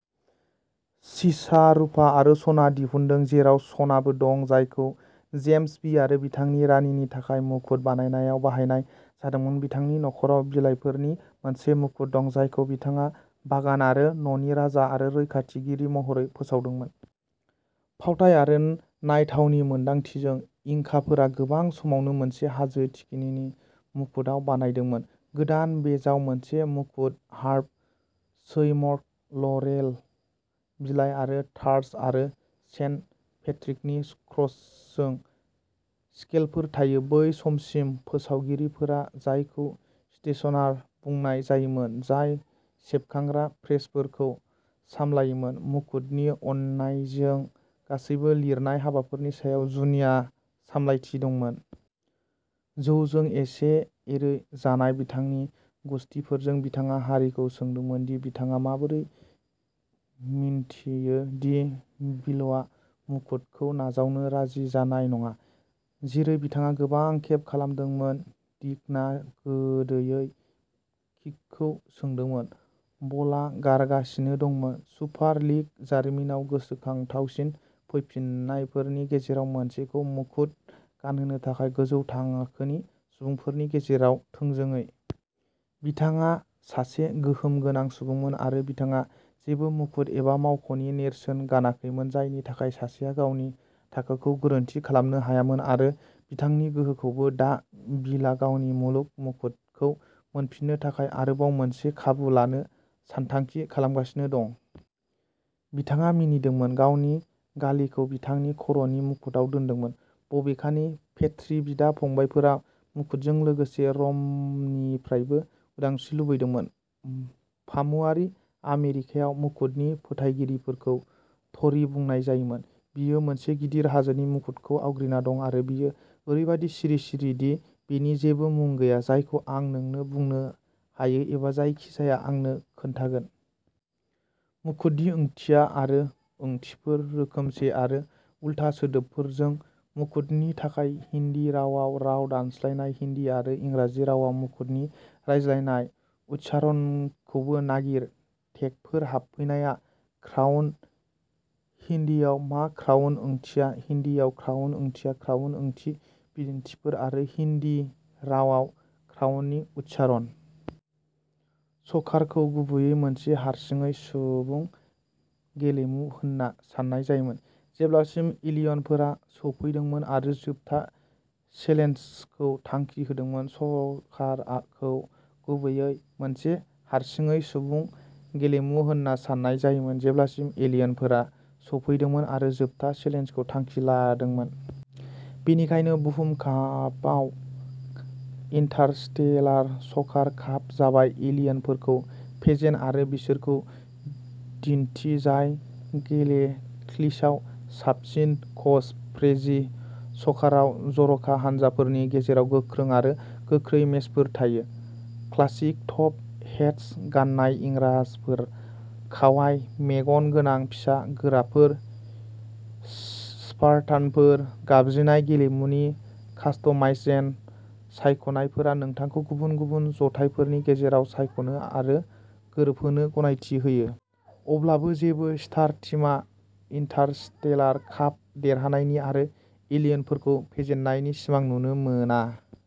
सीसा, रुपा आरो सना दिहुनदों, जेराव सनाबो दं, जायखौ जेम्स भि आरो बिथांनि रानिनि थाखाय मुकुट बानायनायाव बाहायनाय जादोंमोन। बिथांनि नखर'आव बिलाइफोरनि मोनसे मुकुट दं, जायखौ बिथाङा बागान आरो न'नि राजा आरो रैखाथिगिरि महरै फोसावदोंमोन। फावथाइ आरो नायथावनि मोनदांथिजों, इंकाफोरा गोबां समावनो मोनसे हाजो थिखिनिनि मुकुटआव बानायदोंमोन। गोदान बेजआव मोनसे मुकुट, हार्प, शैमरक, लरेल बिलाइ आरो टार्च आरो सेन्ट पैट्रिकनि क्रसजों स्केलफोर थायो। बै समसिम, फोसावगिरिफोरा, जायखौ स्टेशनार बुंनाय जायोमोन, जाय सेबखांग्रा प्रेसफोरखौ सामलायोमोन, मुकुटनि अननायजों गासैबो लिरनाय हाबाफोरनि सायाव जुनिया सामलायथि दंमोन। जौजों एसे गुरै जानाय बिथांनि गुसथिफोरजों, बिथाङा हरिखौ सोंदोंमोन दि बिथाङा माबोरै मिन्थियो दि विलआ मुकुटखौ नाजावनो राजि जानाय नङा। जेरै बिथाङा गोबां खेब खालामदोंमोन, डिकना गोदैयै किकखौ सोंदोंमोन, बलआ गारगासिनो दंमोन। सुपार लीग जारिमिनाव गोसोखांथावसिन फैफिन्नायफोरनि गेजेराव मोनसेखौ मुकुट गानहोनो थाखाय गोजौ थाखोनि सुबुंफोरनि गेजेराव थोंजोङै। बिथाङा सासे गोहोम गोनां सुबुंमोन, आरो बिथाङा जेबो मुकुट एबा मावख'नि नेरसोन गानाखैमोन, जायनि थाखाय सासेया गावनि थाखोखौ गोरोन्थि खालामनो हायामोन, आरो बिथांनि गोहोखौबो। दा बिलआ गावनि मुलुग मुकुटखौ मोनफिन्नो थाखाय आरोबाव मोनसे खाबु लानो सानथांखि खालामगासिनो दं। बिथाङा मिनिदोंमोन, गावनि गालेखौ बिथांनि खर'नि मुकुटआव दोन्दोंमोन। बबेखानि, पेट्री बिदा-फंबायफोरा मुकुटजों लोगोसे र'मनिफ्रायबो उदांस्रि लुबैदोंमोन। फामुवारि आमेरिकायाव मुकुटनि फोथायगिरिफोरखौ ट'री बुंनाय जायोमोन। बेयो मोनसे गिदिर हाजोनि मुकुटखौ आवग्रिना दं, आरो बेयो ओरैबादि सिरि-सिरि दि बेनि जेबो मुं गैया जायखौ आं नोंनो बुंनो हायो एबा जायखिजाया आंनो खोन्थागोन। मुकुटनि ओंथिया आरो ओंथिफोर, रोखोमसे आरो उल्था सोदोबफोरजों मुकुटनि थाखाय हिन्दी रावाव राव दानस्लायनाय। हिन्दी आरो इंराजि रावाव मुकुटनि रायज्लायनाय उच्चारणखौबो नागिर। टेगफोर हाबफैनाया क्राउन हिन्दीआव मा क्राउन ओंथिया, हिन्दीआव क्राउन ओंथिया, क्राउन ओंथि, बिदिन्थिफोर आरो हिन्दी रावाव क्राउननि उच्चारण। सकार खौ गुबैयै मोनसे हारसिङै सुबुं गेलेमु होनना सान्नाय जायोमोन, जेब्लासिम एलियनफोरा सौफैदोंमोन आरो जोबथा चेलेन्जखौ थांखि होदोंमोन। सकारा खौ गुबैयै मोनसे हारसिङै सुबुं गेलेमु होन्ना सान्नाय जायोमोन, जेब्लासिम एलियनफोरा सौफैदोंमोन आरो जोबथा चेलेन्जखौ थांखि लादोंमोन। बेनिखायनो, बुहुम कापआव इन्टारस्टेलार सकार काप जाबाय एलियनफोरखौ फेजेन आरो बिसोरखौ दिन्थि जाय गेलेक्सियाव साबसिन कच। क्रेजि सकाराव जर'खा हानजाफोरनि गेजेराव गोख्रों आरो गोख्रै मेचफोर थायो। क्लासिक टप हेट्स गान्नाय इंराजफोर, कावाइ मेगन गोनां फिसा गोराफोर, स्पार्टानफोर गाबज्रिनाय गेलेमुनि कास्टमाइजेन सायख'नायफोरा नोंथांखौ गुबुन गुबुन जथायफोरनि गेजेराव सायख'नो आरो गोरोबहोनो गनायथि होयो। अब्लाबो, जेबो स्टार टीमा इन्टारस्टेलार काप देरहानायनि आरो एलियनफोरखौ फेजेननायनि सिमां नुनो मोना।